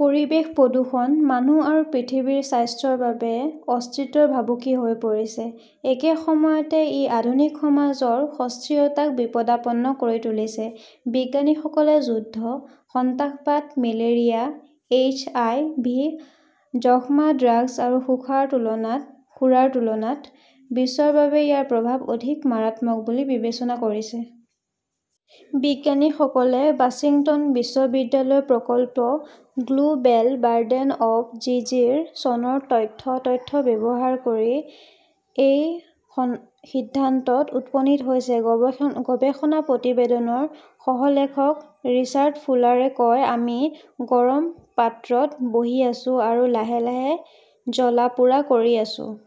পৰিৱেশ প্ৰদূষণ মানুহ আৰু পৃথিৱীৰ স্বাস্থ্যৰ বাবে অস্তিত্বৰ ভাবুকি হৈ আহিছে। একে সময়তে ই আধুনিক সমাজৰ সুস্থিৰতাক বিপদাপন্ন কৰি তুলিছে। বিজ্ঞানীসকলে যুদ্ধ, সন্ত্ৰাসবাদ, মেলেৰিয়া, এইচ. আই. ভি., যক্ষ্মা, ড্ৰাগছ আৰু সুৰাৰ তুলনাত বিশ্বৰ বাবে ইয়াৰ প্ৰভাৱ অধিক মাৰাত্মক বুলি বিবেচনা কৰিছে। বিজ্ঞানীসকলে ৱাশ্বিংটন বিশ্ববিদ্যালয়ৰ প্ৰকল্প "global burden of disease "ৰ চনৰ তথ্য-তথ্য ব্যৱহাৰ কৰি এই সিদ্ধান্তত উপনীত হৈছে। গৱেষণা প্ৰতিবেদনৰ সহ-লেখক ৰিচাৰ্ড ফুলাৰে কয়, "আমি গৰম পাত্ৰত বহি আছো আৰু লাহে লাহে জ্বলা-পোৰা কৰি আছো। "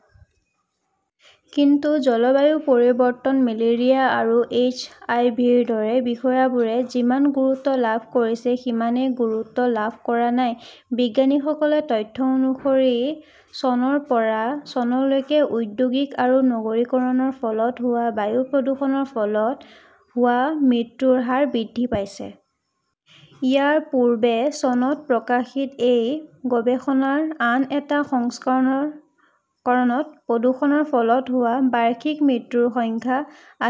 কিন্তু জলবায়ু পৰিৱৰ্তন, মেলেৰিয়া আৰু এইচ. আই. ভি. -ৰ দৰে বিষয়বোৰে যিমান গুৰুত্ব লাভ কৰিছে সিমানেই গুৰুত্ব লাভ কৰা নাই। "বিজ্ঞানীসকলৰ তথ্য অনুসৰি, চনৰ পৰা চনলৈকে ঔদ্যোগিক আৰু নগৰীকৰণৰ ফলত হোৱা বায়ু প্ৰদূষণৰ ফলত হোৱা মৃত্যুৰ হাৰ বৃদ্ধি পাইছে। ইয়াৰ পূৰ্বে চনত প্ৰকাশিত এই গৱেষণাৰ আন এটা সংস্কৰণত প্ৰদূষণৰ ফলত হোৱা বাৰ্ষিক মৃত্যুৰ সংখ্যা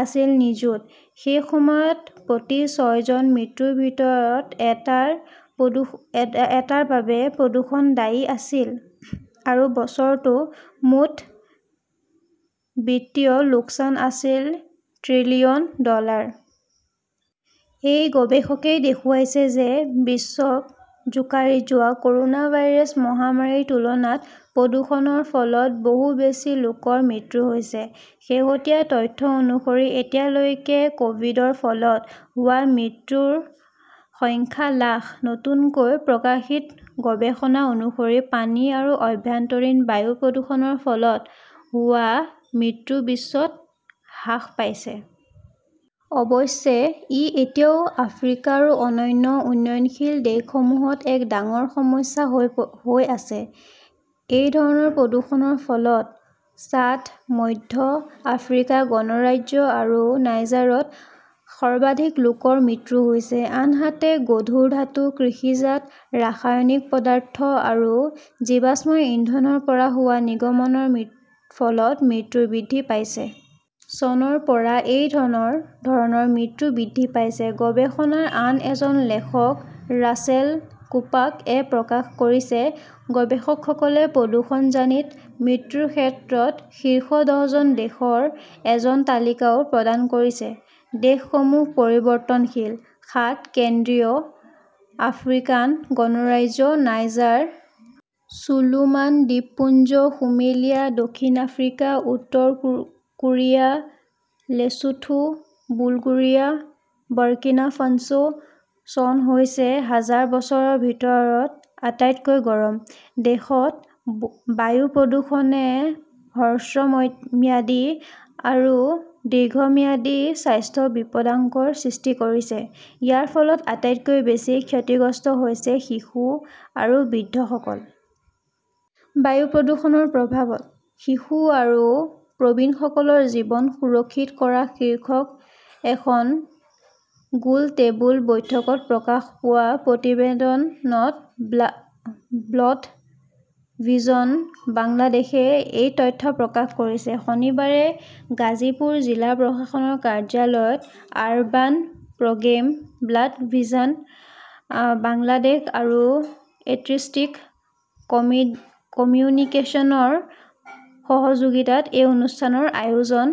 আছিল নিযুত। সেই সময়ত প্ৰতি ছয়জন মৃত্যুৰ ভিতৰত এটাৰ বাবে প্ৰদূষণ দায়ী আছিল। আৰু বছৰটোত মুঠ বিত্তীয় লোকচান আছিল ট্ৰিলিয়ন ডলাৰ। এই গৱেষণাই দেখুৱাইছে যে বিশ্বক জোকাৰি যোৱা কৰ 'না ভাইৰাছ মহামাৰীৰ তুলনাত প্ৰদূষণৰ ফলত বহু বেছি লোকৰ মৃত্যু হৈছে। শেহতীয়া তথ্য অনুসৰি, এতিয়ালৈকে ক "ভিডৰ ফলত হোৱা মৃত্যুৰ সংখ্যা লাখ। নতুনকৈ প্ৰকাশিত গৱেষণা অনুসৰি পানী আৰু আভ্যন্তৰীণ বায়ু প্ৰদূষণৰ ফলত হোৱা মৃত্যু বিশ্বত হ্ৰাস পাইছে। অৱশ্যে, ই এতিয়াও আফ্ৰিকা আৰু অন্যান্য উন্নয়নশীল দেশসমূহত এক ডাঙৰ সমস্যা হৈ আছে। এই ধৰণৰ প্ৰদূষণৰ ফলত ছাদ, মধ্য আফ্ৰিকা গণৰাজ্য আৰু নাইজাৰত সৰ্বাধিক লোকৰ মৃত্যু হৈছে। আনহাতে, গধুৰ ধাতু, কৃষিজাত ৰাসায়নিক পদাৰ্থ আৰু জীৱাশ্ম ইন্ধনৰ পৰা হোৱা নিৰ্গমনৰ ফলত মৃত্যু বৃদ্ধি পাইছে। চনৰ পৰা এই ধৰণৰ মৃত্যু বৃদ্ধি পাইছে, গৱেষণাৰ আন এজন লেখক ৰাচেল কুপকাএ প্ৰকাশ কৰিছে। গৱেষকসকলে প্ৰদূষণজনিত মৃত্যুৰ ক্ষেত্ৰত শীৰ্ষ দহখন দেশৰ এখন তালিকাও প্ৰদান কৰিছে। দেশসমূহ পৰিৱৰ্তনশীলঃ. শাদ,. কেন্দ্ৰীয় আফ্ৰিকান গণৰাজ্য,. নাইজাৰ,. চলোমন দ্বীপপুঞ্জ,. সোমালিয়া,. দক্ষিণ আফ্ৰিকা।. উত্তৰ Korea,. Lesotho,. Bulgaria,. Burkina Faso. চন হৈছে হাজাৰ বছৰৰ ভিতৰত আটাইতকৈ গৰম। দেশত বায়ু প্ৰদূষণে হ্ৰস্বম্যাদী আৰু দীৰ্ঘম্যাদী স্বাস্থ্য বিপদাশংকাৰ সৃষ্টি কৰিছে। ইয়াৰ ফলত আটাইতকৈ বেছি ক্ষতিগ্ৰস্ত হৈছে শিশু আৰু বৃদ্ধসকল। "বায়ু প্ৰদূষণৰ প্ৰভাৱঃ শিশু আৰু প্ৰবীণসকলৰ জীৱন সুৰক্ষিত কৰা" শীৰ্ষক এখন গোলটেবুল বৈঠকত প্ৰকাশ পোৱা প্ৰতিবেদনত ৱৰ্ল্ড ভিজন বাংলাদেশই এই তথ্য প্ৰকাশ কৰিছে। শনিবাৰে গাজীপুৰ জিলা প্ৰশাসকৰ কাৰ্যালয়ত urban programme, world vision Bangladesh আৰু আৰ্টিষ্টিক কমিউনিকেচনৰ সহযোগিতাত এই অনুষ্ঠানৰ আয়োজন